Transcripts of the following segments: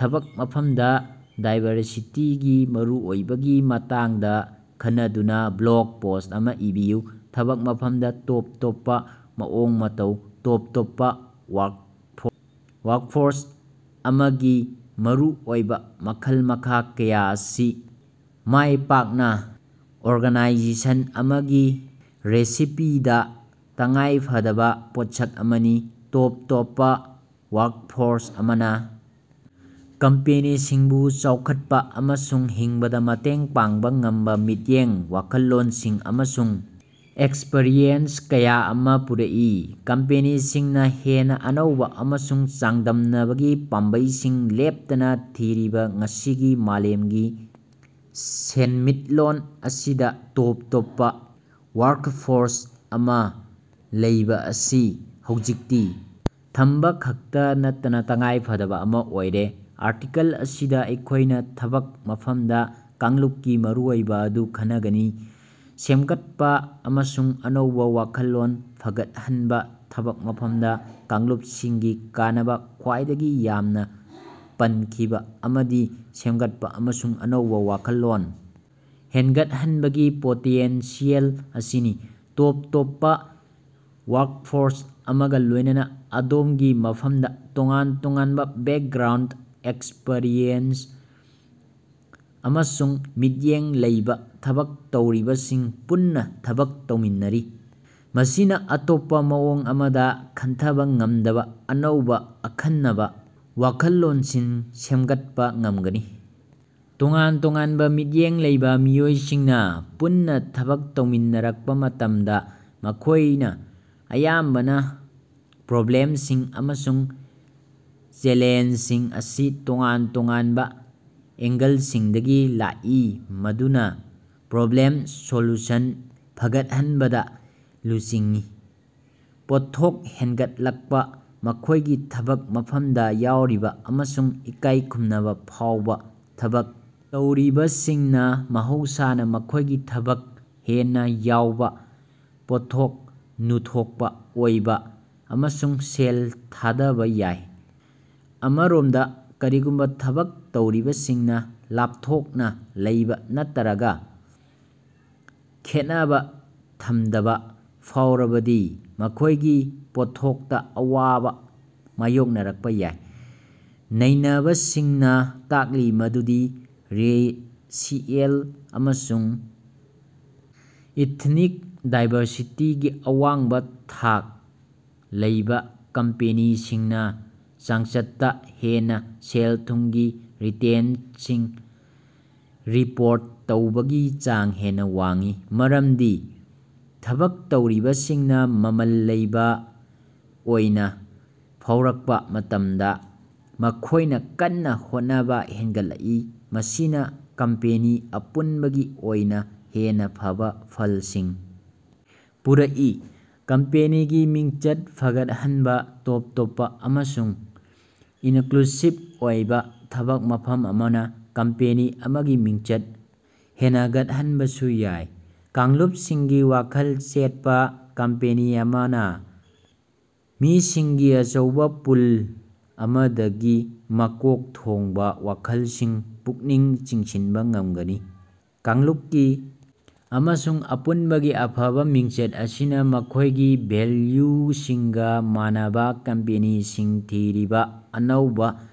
ꯊꯕꯛ ꯃꯐꯝꯗ ꯗꯥꯏꯕꯔꯁꯤꯇꯤꯒꯤ ꯃꯔꯨꯑꯣꯏꯕꯒꯤ ꯃꯇꯥꯡꯗꯥ ꯈꯟꯅꯗꯨꯅꯥ ꯕ꯭ꯂꯣꯒ ꯄꯣꯁ꯭ꯠ ꯑꯃꯥ ꯏꯕꯤꯌꯨ꯫ ꯊꯕꯛ ꯃꯐꯝꯗ ꯇꯣꯞ ꯇꯣꯞꯄ ꯃꯑꯣꯡ-ꯃꯇꯧ ꯇꯣꯞ-ꯇꯣꯞꯄ ꯋꯥꯔꯀꯐꯣꯔꯁ ꯑꯃꯒꯤ ꯃꯔꯨꯑꯣꯏꯕꯥ ꯃꯈꯜ-ꯃꯈꯥ ꯀꯌꯥ ꯑꯁꯤ ꯃꯥꯢꯄꯥꯛꯅ ꯑꯣꯔꯒꯥꯅꯥꯏꯖꯦꯁꯟ ꯑꯃꯒꯤ ꯔꯦꯁꯤꯄꯤꯗꯥ ꯇꯉꯥꯏꯐꯗꯕꯥ ꯄꯣꯠꯁꯛ ꯑꯃꯅꯤ꯫ ꯇꯣꯞ ꯇꯣꯞꯄꯥ ꯋꯥꯔꯀꯐꯣꯔꯁ ꯑꯃꯅꯥ ꯀꯝꯄꯦꯅꯤꯁꯤꯡꯕꯨ ꯆꯥꯎꯈꯠꯄꯥ ꯑꯃꯁꯨꯡ ꯍꯤꯡꯕꯗ ꯃꯇꯦꯡ ꯄꯥꯡꯕ ꯉꯝꯕꯥ ꯃꯤꯠꯌꯦꯡ ꯋꯥꯈꯜꯂꯣꯟꯁꯤꯡ ꯑꯃꯁꯨꯡ ꯑꯦꯛꯁꯄꯔꯤꯌꯦꯟꯁ ꯀꯌꯥ ꯑꯃ ꯄꯨꯔꯛꯏ꯫ ꯀꯝꯄꯦꯅꯤꯁꯤꯡꯅ ꯍꯦꯟꯅ ꯑꯅꯧꯕ ꯑꯃꯁꯨꯡ ꯆꯥꯡꯗꯝꯅꯕꯒꯤ ꯄꯥꯝꯕꯩꯁꯤꯡ ꯂꯦꯞꯇꯅ ꯊꯤꯔꯤꯕ ꯉꯁꯤꯒꯤ ꯃꯥꯂꯦꯝꯒꯤ ꯁꯦꯟꯃꯤꯠꯂꯣꯟ ꯑꯁꯤꯗ ꯇꯣꯞ ꯇꯣꯞꯄ ꯋꯥꯔ꯭ꯀꯐꯣꯔ꯭ꯁ ꯑꯃ ꯂꯩꯕꯥ ꯑꯁꯤ ꯍꯧꯖꯤꯛꯇꯤ ꯊꯝꯕ ꯈꯛꯇ ꯅꯠꯇꯅ ꯇꯉꯥꯏ ꯐꯗꯕ ꯑꯃ ꯑꯣꯏꯔꯦ꯫ ꯑꯥꯔꯇꯤꯀꯜ ꯑꯁꯤꯗ ꯑꯩꯈꯣꯢꯅ ꯊꯕꯛ ꯃꯐꯝꯗ ꯀꯥꯡꯂꯨꯞꯀꯤ ꯃꯔꯨꯑꯣꯏꯕ ꯑꯗꯨ ꯈꯟꯅꯒꯅꯤ꯫ ꯁꯦꯝꯒꯠꯄ ꯑꯃꯁꯨꯡ ꯑꯅꯧꯕ ꯌꯥꯈꯜꯂꯣꯟ ꯐꯒꯠꯍꯟꯕ ꯊꯕꯛ ꯃꯐꯝꯗ ꯀꯥꯡꯂꯨꯞꯁꯤꯡꯒꯤ ꯀꯥꯟꯅꯕ ꯈ꯭ꯋꯥꯏꯗꯒꯤ ꯌꯥꯝꯅ ꯄꯟꯈꯤꯕ ꯑꯃꯗꯤ ꯁꯦꯝꯒꯠꯄ ꯑꯃꯁꯨꯡ ꯑꯅꯧꯕ ꯋꯥꯈꯜꯂꯣꯟ ꯍꯦꯟꯒꯠꯍꯟꯕꯒꯤ ꯄꯣꯇꯦꯟꯁꯤꯌꯦꯜ ꯑꯁꯤꯅꯤ꯫ ꯇꯣꯞ ꯇꯣꯞꯄ ꯋꯥꯔ꯭ꯀꯐꯣꯔ꯭ꯁ ꯑꯃꯒ ꯂꯣꯢꯅꯅ ꯑꯗꯣꯝꯒꯤ ꯃꯐꯝꯗ ꯇꯣꯉꯥꯟ ꯇꯣꯉꯥꯟꯕ ꯕꯦꯀꯒ꯭ꯔꯥꯎꯟꯗ ꯑꯦꯛꯁꯄꯔꯤꯌꯦꯟꯁ ꯑꯃꯁꯨꯡ ꯃꯤꯠꯌꯦꯡ ꯂꯩꯕꯥ ꯊꯕꯛ ꯇꯧꯔꯤꯕꯁꯤꯡ ꯄꯨꯟꯅ ꯊꯕꯛ ꯇꯧꯃꯤꯟꯅꯔꯤ꯫ ꯃꯁꯤꯅꯥ ꯑꯇꯣꯞꯄ ꯃꯑꯣꯡ ꯑꯃꯗ ꯈꯟꯊꯕ ꯉꯝꯗꯕ ꯑꯅꯧꯕ ꯑꯈꯟꯅꯕ ꯋꯥꯈꯜꯂꯣꯟꯁꯤꯡ ꯁꯦꯝꯒꯠꯄ ꯉꯝꯒꯅꯤ꯫ ꯇꯣꯉꯥꯟ-ꯇꯣꯉꯥꯟꯕ ꯃꯤꯠꯌꯦꯡ ꯂꯩꯕ ꯃꯤꯑꯣꯏꯁꯤꯡꯅ ꯄꯨꯟꯅ ꯊꯕꯛ ꯇꯧꯃꯤꯟꯅꯔꯛꯄ ꯃꯇꯝꯗ ꯃꯈꯣꯢꯅ ꯑꯌꯥꯝꯕꯅ ꯄ꯭ꯔꯣꯕ꯭ꯂꯦꯝꯁꯤꯡ ꯑꯃꯁꯨꯡ ꯆꯦꯂꯦꯟꯖꯁꯤꯡ ꯑꯁꯤ ꯇꯣꯉꯥꯟ-ꯇꯣꯉꯥꯟꯕ ꯑꯦꯡꯒꯜꯁꯤꯡꯗꯒꯤ ꯂꯥꯛꯏ ꯃꯗꯨꯅ ꯄ꯭ꯔꯣꯕ꯭ꯂꯦꯝ ꯁꯣꯜꯌꯨꯁꯟ ꯐꯒꯠꯍꯟꯕꯗ ꯂꯨꯆꯤꯡꯏ꯫ ꯄꯣꯠꯊꯣꯛ ꯍꯦꯟꯒꯠꯂꯛꯄ ꯃꯈꯣꯢꯒꯤ ꯊꯕꯛ ꯃꯐꯝꯗ ꯌꯥꯎꯔꯤꯕ ꯑꯃꯁꯨꯡ ꯏꯀꯥꯏ ꯈꯨꯝꯅꯕ ꯐꯥꯎꯕ ꯊꯕꯛ ꯇꯧꯔꯤꯕꯁꯤꯡꯅ ꯃꯍꯧꯁꯥꯅ ꯃꯈꯣꯢꯒꯤ ꯊꯕꯛ ꯍꯦꯟꯅ ꯌꯥꯎꯕ ꯄꯣꯠꯊꯣꯛ ꯅꯨꯊꯣꯛꯄ ꯑꯣꯏꯕ ꯑꯃꯁꯨꯡ ꯁꯦꯜ ꯊꯥꯗꯕ ꯌꯥꯏ꯫ ꯑꯃꯔꯣꯝꯗ ꯀꯔꯤꯒꯨꯝꯕ ꯊꯕꯛ ꯇꯧꯔꯤꯕꯁꯤꯡꯅ ꯂꯥꯞꯊꯣꯛꯅ ꯂꯩꯕ ꯅꯠꯇ꯭ꯔꯒ ꯈꯦꯠꯅꯕ ꯊꯝꯗꯕ ꯐꯥꯎꯔꯕꯗꯤ ꯃꯈꯣꯢꯒꯤ ꯄꯣꯠꯊꯣꯛꯇ ꯑꯋꯥꯕꯥ ꯃꯥꯌꯣꯛꯅꯔꯛꯄ ꯌꯥꯏ꯫ ꯅꯩꯅꯕꯁꯤꯡꯅ ꯇꯥꯛꯂꯤ ꯃꯗꯨꯗꯤ ꯔꯦꯁꯤꯑꯦꯜ ꯑꯃꯁꯨꯡ ꯏꯊꯅꯤꯛ ꯗꯥꯏꯕꯔꯁꯤꯇꯤꯒꯤ ꯑꯋꯥꯡꯕꯥ ꯊꯥꯛ ꯂꯩꯕꯥ ꯀꯝꯄꯦꯅꯤꯁꯤꯡꯅꯥ ꯆꯥꯡꯆꯠꯇꯥ ꯍꯦꯟꯅꯥ ꯁꯦꯜ-ꯊꯨꯝꯒꯤ ꯔꯤꯇꯦꯟꯇꯁꯤꯡ ꯔꯤꯄꯣꯔꯠ ꯇꯧꯕꯒꯤ ꯆꯥꯡ ꯍꯦꯟꯅ ꯋꯥꯡꯏ꯫ ꯃꯔꯝꯗꯤ ꯊꯕꯛꯇꯧꯔꯤꯕꯁꯤꯡꯅ ꯃꯃꯜ ꯂꯩꯕ ꯑꯣꯏꯅ ꯐꯥꯎꯔꯛꯄ ꯃꯇꯝꯗ ꯃꯈꯣꯢꯅ ꯀꯟꯅ ꯍꯣꯠꯅꯕ ꯍꯦꯟꯒꯠꯂꯜꯏ ꯃꯁꯤꯅ ꯀꯝꯄꯦꯅꯤ ꯑꯄꯨꯟꯕꯒꯤ ꯑꯣꯏꯅ ꯍꯦꯟꯅ ꯐꯕ ꯐꯜꯁꯤꯡ ꯄꯨꯔꯛꯏ꯫ ꯀꯝꯄꯦꯅꯤꯒꯤ ꯃꯤꯡꯆꯠ ꯐꯒꯠꯍꯟꯕꯥ ꯇꯣꯞ ꯇꯣꯞꯄ ꯑꯃꯁꯨꯡ ꯏꯅꯀ꯭ꯂꯨꯁꯤꯕ ꯑꯣꯏꯕ ꯊꯕꯛ ꯃꯐꯝ ꯑꯃꯅ ꯀꯝꯄꯦꯅꯤ ꯑꯃꯒꯤ ꯃꯤꯡꯆꯠ ꯍꯦꯅꯒꯠꯍꯟꯕꯁꯨ ꯌꯥꯏ꯫ ꯀꯥꯡꯂꯨꯞꯁꯤꯡꯒꯤ ꯋꯥꯈꯜ ꯆꯦꯠꯄ ꯀꯝꯄꯦꯅꯤ ꯑꯃꯅ ꯃꯤꯁꯤꯡꯒꯤ ꯑꯆꯧꯕꯥ ꯄꯨꯜ ꯑꯃꯗꯒꯤ ꯃꯀꯣꯛ ꯊꯣꯡꯕ ꯋꯥꯈꯜꯁꯤꯡ ꯄꯨꯛꯅꯤꯡ ꯆꯤꯡꯁꯤꯟꯕ ꯉꯝꯒꯅꯤ꯫ ꯀꯥꯡꯂꯨꯞꯀꯤ ꯑꯃꯁꯨꯡ ꯑꯄꯨꯟꯕꯒꯤ ꯑꯐꯕ ꯃꯤꯡꯆꯠ ꯑꯁꯤꯅ ꯃꯈꯣꯢꯒꯤ ꯚꯦꯜꯌꯨꯁꯤꯡꯒ ꯃꯥꯟꯅꯕ ꯀꯝꯄꯦꯅꯤꯁꯤꯡ ꯊꯤꯔꯤꯕꯥ ꯑꯅꯧꯕꯥ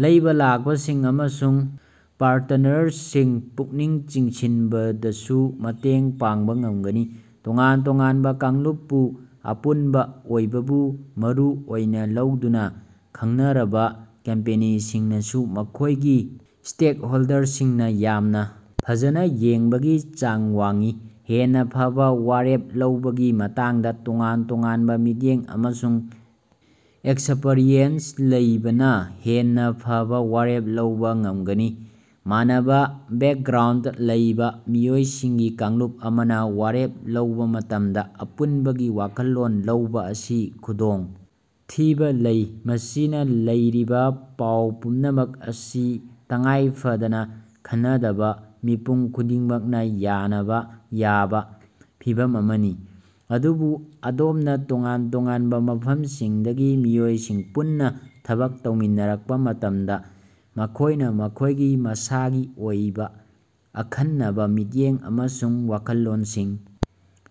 ꯂꯩꯕꯂꯥꯛꯄꯁꯤꯡ ꯑꯃꯁꯨꯡ ꯄꯥꯔꯇꯅꯔꯁꯤꯡ ꯄꯨꯛꯅꯤꯡ ꯆꯤꯡꯁꯤꯟꯕꯗꯁꯨ ꯃꯇꯦꯡ ꯄꯥꯡꯕ ꯉꯝꯒꯅꯤ꯫ ꯇꯣꯉꯥꯟ ꯇꯣꯉꯥꯟꯕ ꯀꯥꯡꯂꯨꯞ ꯄꯨ ꯑꯄꯨꯟꯕ ꯑꯣꯏꯕꯕꯨ ꯃꯔꯨ ꯑꯣꯏꯅꯥ ꯂꯧꯗꯨꯅꯥ ꯈꯪꯅꯔꯕ ꯀꯝꯄꯦꯅꯤꯁꯤꯡꯅꯁꯨ ꯃꯈꯣꯢꯒꯤ ꯁ꯭ꯇꯦꯛꯍꯣꯜꯗꯔꯁꯤꯡꯅ ꯌꯥꯝꯅ ꯐꯖꯅ ꯌꯦꯡꯕꯒꯤ ꯆꯥꯡ ꯋꯥꯡꯏ꯫ ꯍꯦꯟꯅ ꯐꯕ ꯋꯥꯔꯦꯞ ꯂꯧꯕꯒꯤ ꯃꯇꯥꯡꯗ ꯇꯣꯉꯥꯟ-ꯇꯣꯉꯥꯟꯕ ꯃꯤꯠꯌꯦꯡ ꯑꯃꯁꯨꯡ ꯑꯦꯛꯁꯄꯔꯤꯌꯦꯟꯁ ꯂꯩꯕꯅ ꯍꯦꯟꯅ ꯐꯕ ꯋꯥꯔꯦꯞ ꯂꯧꯕꯥ ꯉꯝꯒꯅꯤ꯫ ꯃꯥꯟꯅꯕ ꯕꯦꯛꯒ꯭ꯔꯥꯎꯟꯗ ꯂꯩꯕ ꯃꯤꯑꯣꯏꯁꯤꯡꯒꯤ ꯀꯥꯡꯂꯨꯞ ꯑꯃꯅ ꯋꯥꯔꯦꯞ ꯂꯧꯕꯥ ꯃꯇꯝꯗ ꯑꯄꯨꯟꯕꯒꯤ ꯋꯥꯈꯜꯂꯣꯟ ꯂꯧꯕ ꯑꯁꯤ ꯈꯨꯗꯣꯡ ꯊꯤꯕ ꯂꯩ ꯃꯁꯤꯅ ꯂꯩꯔꯤꯕ ꯄꯥꯎ ꯄꯨꯝꯅꯃꯛ ꯑꯁꯤ ꯇꯉꯥꯏꯐꯗꯅ ꯈꯟꯅꯗꯕ ꯃꯤꯄꯨꯝ ꯈꯨꯗꯤꯡꯃꯛꯅ ꯌꯥꯅꯕ ꯌꯥꯕ ꯐꯤꯚꯝ ꯑꯃꯅꯤ꯫ ꯑꯗꯨꯕꯨ ꯑꯗꯣꯝꯅ ꯇꯣꯉꯥꯟ ꯇꯣꯉꯥꯟꯕ ꯃꯐꯝꯁꯤꯡꯗꯒꯤ ꯃꯤꯑꯣꯏꯁꯤꯡ ꯄꯨꯟꯅꯥ ꯊꯕꯛ ꯇꯧꯃꯤꯟꯅꯔꯛꯄ ꯃꯇꯝꯗ ꯃꯈꯣꯢꯅ ꯃꯈꯣꯢꯒꯤ ꯃꯁꯥꯒꯤ ꯑꯣꯏꯕ ꯑꯈꯟꯅꯕ ꯃꯤꯠꯌꯦꯡ ꯑꯃꯁꯨꯡ ꯋꯥꯈꯜꯂꯣꯟꯁꯤꯡ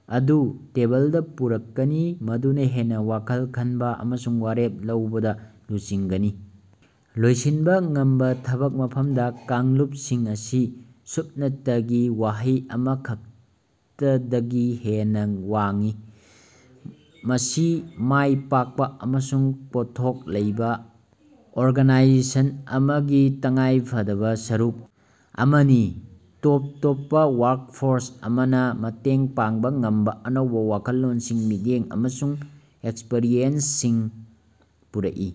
ꯑꯗꯨ ꯇꯦꯕꯜꯗ ꯄꯨꯔꯛꯀꯅꯤ ꯃꯗꯨꯅ ꯍꯦꯟꯅ ꯋꯥꯈꯜ ꯈꯟꯕ ꯑꯃꯁꯨꯡ ꯋꯥꯔꯦꯞ ꯂꯧꯕꯗ ꯂꯨꯆꯤꯡꯒꯅꯤ꯫ ꯂꯣꯏꯁꯤꯟꯕ ꯉꯝꯕ ꯊꯕꯛ ꯃꯐꯝꯗ ꯀꯥꯡꯂꯨꯞꯁꯤꯡ ꯑꯁꯤ ꯁꯨꯞꯅꯇꯒꯤ ꯋꯥꯍꯩ ꯑꯃꯈꯛꯇꯗꯒꯤ ꯍꯦꯟꯅ ꯋꯥꯡꯏ꯫ ꯃꯁꯤ ꯃꯥꯢ ꯄꯥꯛꯄ ꯑꯃꯁꯨꯡ ꯄꯣꯠꯊꯣꯛ ꯂꯩꯕꯥ ꯑꯣꯔꯒꯅꯥꯏꯖꯦꯁꯟ ꯑꯃꯒꯤ ꯇꯉꯥꯏ ꯐꯗꯕ ꯁꯔꯨꯛ ꯑꯃꯅꯤ꯫ ꯇꯣꯞ ꯇꯣꯞꯄ ꯋꯥꯔ꯭ꯀꯐꯣꯔ꯭ꯁ ꯑꯃꯅ ꯃꯇꯦꯡ ꯄꯥꯡꯕ ꯉꯝꯕ ꯑꯅꯧꯕ ꯋꯥꯈꯜꯂꯣꯟꯁꯤꯡ ꯃꯤꯠꯌꯦꯡ ꯑꯃꯁꯨꯡ ꯑꯦꯛꯁꯄꯔꯤꯌꯦꯟꯁꯁꯤꯡ ꯄꯨꯔꯛꯏ꯫